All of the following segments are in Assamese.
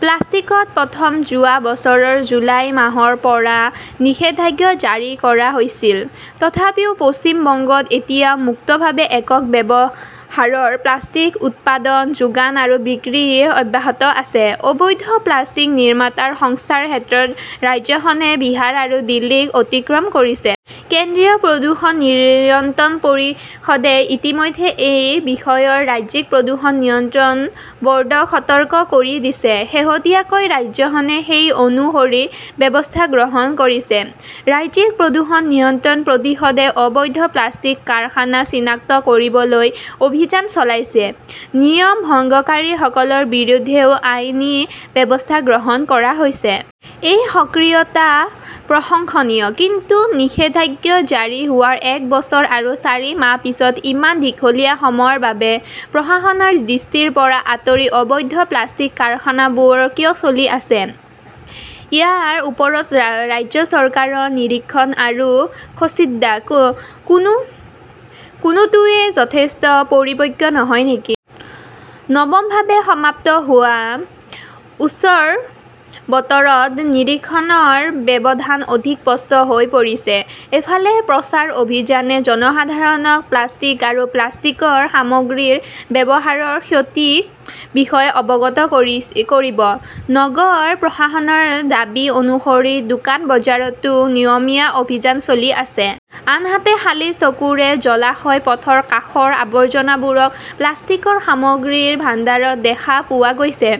প্লাষ্টিকত প্ৰথম যোৱা বছৰৰ জুলাই মাহৰ পৰা নিষেধাজ্ঞা জাৰি কৰা হৈছিল। তথাপিও পশ্চিম বংগত এতিয়াও মুক্তভাৱে একক ব্যৱহাৰৰ প্লাষ্টিক উৎপাদন, যোগান আৰু বিক্ৰী অব্যাহত আছে। অবৈধ প্লাষ্টিক নিৰ্মাতাৰ সংখ্যাৰ ক্ষেত্ৰত ৰাজ্যখনে বিহাৰ আৰু দিল্লীক অতিক্ৰম কৰিছে। কেন্দ্ৰীয় প্ৰদূষণ নিয়ন্ত্ৰণ পৰিষদে ইতিমধ্যে এই বিষয়ত ৰাজ্যিক প্ৰদূষণ নিয়ন্ত্ৰণ বৰ্ডক সতৰ্ক কৰি দিছে। শেহতীয়াকৈ ৰাজ্যখনে সেই অনুসৰি ব্যৱস্থা গ্ৰহণ কৰিছে। ৰাজ্যিক প্ৰদূষণ নিয়ন্ত্ৰণ পৰিষদে অবৈধ প্লাষ্টিক কাৰখানা চিনাক্ত কৰিবলৈ অভিযান চলাইছিল। নিয়ম ভংগকাৰীসকলৰ বিৰুদ্ধেও আইনী ব্যৱস্থা গ্ৰহণ কৰা হৈছে। এই সক্ৰিয়তা প্ৰশংসনীয়। কিন্তু, নিষেধাজ্ঞা জাৰি হোৱাৰ এক বছৰ আৰু চাৰি মাহৰ পিছত-ইমান দীঘলীয়া সময়ৰ বাবে প্ৰশাসনৰ দৃষ্টিৰ পৰা আঁতৰি অবৈধ প্লাষ্টিক কাৰখানাবোৰ কিয় চলি আছে? ইয়াৰ ওপৰত ৰাজ্য চৰকাৰৰ নিৰীক্ষণ আৰু সদিচ্ছা, কোনোটোৱেই যথেষ্ট পৰিপক্ক নহয় নেকি? নৱমভাৱে সমাপ্ত হোৱা উৎসৱৰ বতৰত নিৰীক্ষণৰ ব্যৱধান অধিক স্পষ্ট হৈ পৰিছে। এফালে, প্ৰচাৰ অভিযানে জনসাধাৰণক প্লাষ্টিক আৰু প্লাষ্টিকৰ সামগ্ৰীৰ ব্যৱহাৰৰ ক্ষতিৰ বিষয়ে অৱগত কৰিব, নগৰ প্ৰশাসনৰ দাবী অনুসৰি দোকান-বজাৰতো নিয়মীয়া অভিযান চলি আছে। আনহাতে, খালী চকুৰে জলাশয়, পথৰ কাষৰ আৱৰ্জনাবোৰত প্লাষ্টিকৰ সামগ্ৰীৰ ভাণ্ডাৰ দেখা পোৱা গৈছে।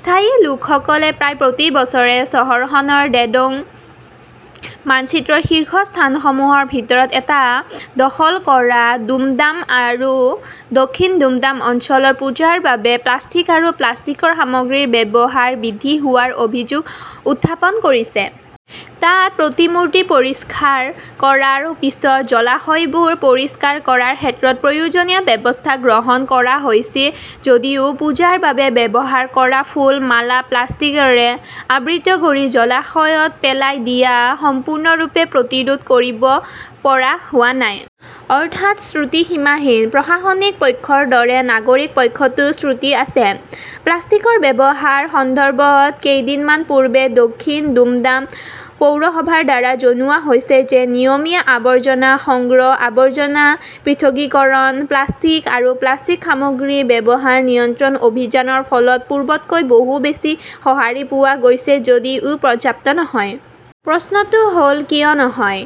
স্থানীয় লোকসকলে প্ৰায় প্ৰতি বছৰে চহৰখনৰ ডেংগু মানচিত্ৰত শীৰ্ষ স্থানসমূহৰ ভিতৰত এটা দখল কৰা দুমডাম আৰু দক্ষিণ দুমডাম অঞ্চলত পূজাৰ বাবে প্লাষ্টিক আৰু প্লাষ্টিক সামগ্ৰীৰ ব্যৱহাৰ বৃদ্ধি হোৱাৰ অভিযোগ উত্থাপন কৰিছে। তাত প্ৰতিমূৰ্তি পৰিষ্কাৰ কৰাৰ পিছত জলাশয়বোৰ পৰিষ্কাৰ কৰাৰ ক্ষেত্ৰত প্ৰয়োজনীয় ব্যৱস্থা গ্ৰহণ কৰা হৈছে যদিও পূজাৰ বাবে ব্যৱহাৰ কৰা ফুল, মালা প্লাষ্টিকৰে আবৃত কৰি জলাশয়ত পেলাই দিয়াটো সম্পূৰ্ণৰূপে প্ৰতিৰোধ কৰিব পৰা হোৱা নাই। অৰ্থাৎ, ত্ৰুটি সীমাহীন। প্ৰশাসনিক পক্ষৰ দৰে নাগৰিক পক্ষতো ত্ৰুটি আছে। প্লাষ্টিকৰ ব্যৱহাৰৰ সন্দৰ্ভত কেইদিনমান পূৰ্বে দক্ষিণ দুমডাম পৌৰসভাৰ দ্বাৰা জনোৱা হৈছিল যে নিয়মীয়া আৱৰ্জনা সংগ্ৰহ, আৱৰ্জনা পৃথকীকৰণ, প্লাষ্টিক আৰু প্লাষ্টিক সামগ্ৰীৰ ব্যৱহাৰ নিয়ন্ত্ৰণ অভিযানৰ ফলত পূৰ্বতকৈ বহু বেছি সঁহাৰি পোৱা গৈছিল যদিও ই পৰ্যাপ্ত নহয়। প্ৰশ্নটো হ ল, কিয় নহয়?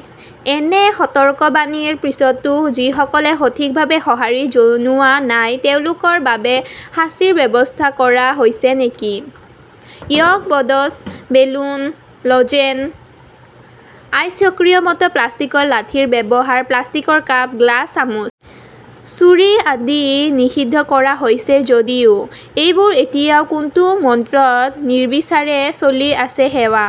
এনে সতৰ্কবাণীৰ পিছতো যিসকলে সঠিকভাৱে সঁহাৰি জনোৱা নাই তেওঁলোকৰ বাবে শাস্তিৰ ব্যৱস্থা কৰা হৈছে নেকি? 'ইয়ৰ বডছ ", বেলুন, ল"জেন, আইচক্ৰীমত প্লাষ্টিকৰ লাঠিৰ ব্যৱহাৰ, প্লাষ্টিকৰ কাপ, গ্লাছ, চামুচ, ছুৰী আদি নিষিদ্ধ কৰা হৈছে যদিও এইবোৰ এতিয়াও কোনটো মন্ত্ৰত নিৰ্বিচাৰে চলি আছে সেয়া